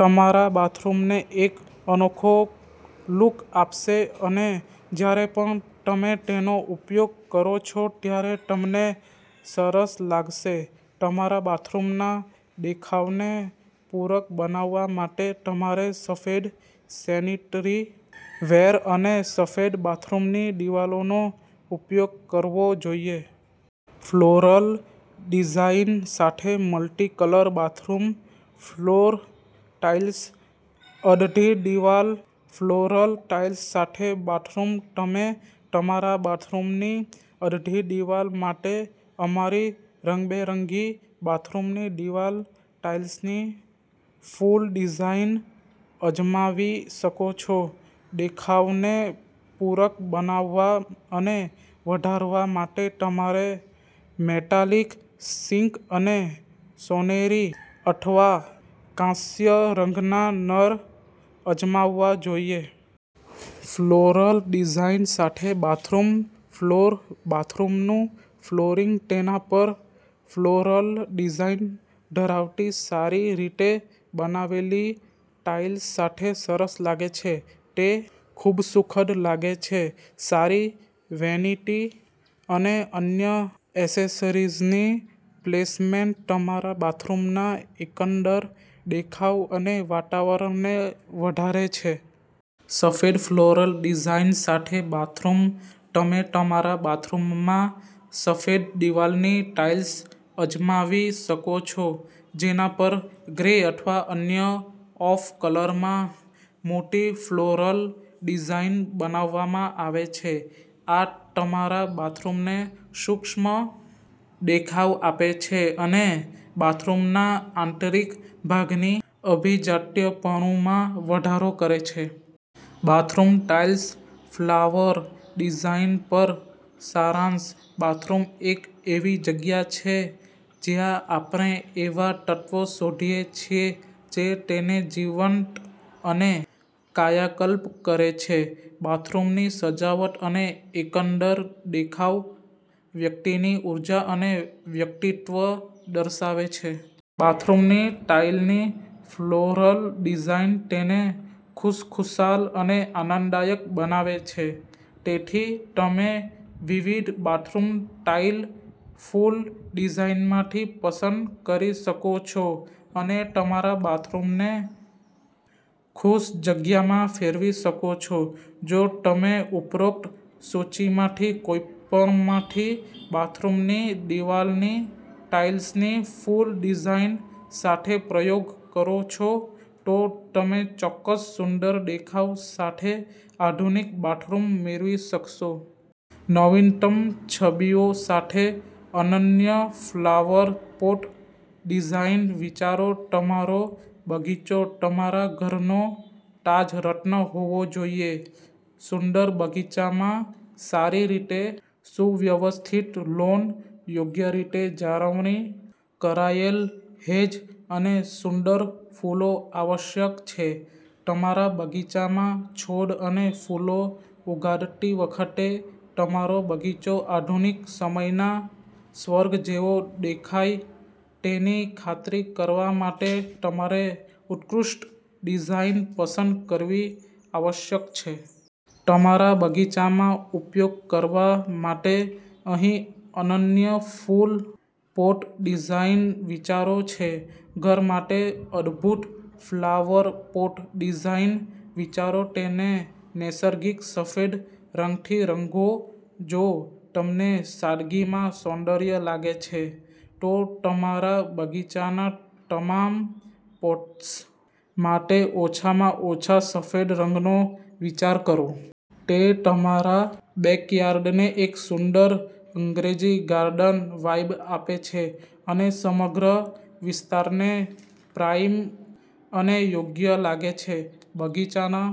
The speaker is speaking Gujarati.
તમારા બાથરૂમને એક અનોખો લુક આપશે અને જ્યારે પણ તમે તેનો ઉપયોગ કરો છો ત્યારે તમને સરસ લાગશે. તમારા બાથરૂમના દેખાવને પૂરક બનાવવા માટે, તમારે સફેદ સેનિટરી વેર અને સફેદ બાથરૂમની દિવાલોનો ઉપયોગ કરવો જોઈએ. ફ્લોરલ ડિઝાઇન સાથે મલ્ટી-કલર બાથરૂમ ફ્લોર ટાઇલ્સ અડધી દિવાલ ફ્લોરલ ટાઇલ્સ સાથે બાથરૂમ તમે તમારા બાથરૂમની અડધી દિવાલ માટે અમારી રંગબેરંગી બાથરૂમની દિવાલ ટાઇલ્સની ફૂલ ડિઝાઇન અજમાવી શકો છો. દેખાવને પૂરક બનાવવા અને વધારવા માટે, તમારે મેટાલિક સિંક અને સોનેરી અથવા કાંસ્ય રંગના નળ અજમાવવા જોઈએ. ફ્લોરલ ડિઝાઇન સાથે બાથરૂમ ફ્લોર બાથરૂમનું ફ્લોરિંગ તેના પર ફ્લોરલ ડિઝાઇન ધરાવતી સારી રીતે બનાવેલી ટાઇલ્સ સાથે સરસ લાગે છે. તે ખૂબસુખદ લાગે છે. સારી વેનિટી અને અન્ય એસેસરીઝની પ્લેસમેન્ટ તમારા બાથરૂમના એકંદર દેખાવ અને વાતાવરણને વધારે છે. સફેદ ફ્લોરલ ડિઝાઇન સાથે બાથરૂમ તમે તમારા બાથરૂમમાં સફેદ દિવાલની ટાઇલ્સ અજમાવી શકો છો, જેના પર ગ્રે અથવા અન્ય ઑફ કલરમાં મોટી ફ્લોરલ ડિઝાઇન બનાવવામાં આવે છે. આ તમારા બાથરૂમને સૂક્ષ્મ દેખાવ આપે છે અને બાથરૂમના આંતરિક ભાગની અભિજાત્યપણુમાં વધારો કરે છે. બાથરૂમ ટાઇલ્સ ફ્લાવર ડિઝાઇન પર સારાંશ બાથરૂમ એક એવી જગ્યા છે જ્યાં આપણે એવા તત્વો શોધીએ છીએ જે તેને જીવંત અને કાયાકલ્પ કરે છે. બાથરૂમની સજાવટ અને એકંદર દેખાવ વ્યક્તિની ઊર્જા અને વ્યક્તિત્વ દર્શાવે છે. બાથરૂમની ટાઇલની ફ્લોરલ ડિઝાઇન તેને ખુશખુશાલ અને આનંદદાયક બનાવે છે. તેથી, તમે વિવિધ બાથરૂમ ટાઇલ ફૂલ ડિઝાઇનમાંથી પસંદ કરી શકો છો અને તમારા બાથરૂમને ખુશ જગ્યામાં ફેરવી શકો છો. જો તમે ઉપરોક્ત સૂચિમાંથી કોઈપણમાંથી બાથરૂમની દિવાલની ટાઇલ્સની ફૂલ ડિઝાઇન સાથે પ્રયોગ કરો છો, તો તમે ચોક્કસ સુંદર દેખાવ સાથે આધુનિક બાથરૂમ મેળવી શકશો. નવીનતમ છબીઓ સાથે અનન્ય ફ્લાવર પોટ ડિઝાઇન વિચારો તમારો બગીચો તમારા ઘરનો તાજ રત્ન હોવો જોઈએ. સુંદર બગીચામાં સારી રીતે સુવ્યવસ્થિત લૉન, યોગ્ય રીતે જાળવણી કરાયેલ હેજ અને સુંદર ફૂલો આવશ્યક છે. તમારા બગીચામાં છોડ અને ફૂલો ઉગાડતી વખતે, તમારો બગીચો આધુનિક સમયના સ્વર્ગ જેવો દેખાય તેની ખાતરી કરવા માટે તમારે ઉત્કૃષ્ટ ડિઝાઇન પસંદ કરવી આવશ્યક છે. તમારા બગીચામાં ઉપયોગ કરવા માટે અહીં અનન્ય ફૂલ પોટ ડિઝાઇન વિચારો છે. ઘર માટે અદભૂત ફ્લાવર પોટ ડિઝાઇન વિચારો તેને નૈસર્ગિક સફેદ રંગથી રંગો જો તમને સાદગીમાં સૌંદર્ય લાગે છે, તો તમારા બગીચાના તમામ પોટ્સ માટે ઓછામાં ઓછા સફેદ રંગનો વિચાર કરો. તે તમારા બેકયાર્ડને એક સુંદર અંગ્રેજી ગાર્ડન વાઇબ આપે છે અને સમગ્ર વિસ્તારને પ્રાઇમ અને યોગ્ય લાગે છે. બગીચાના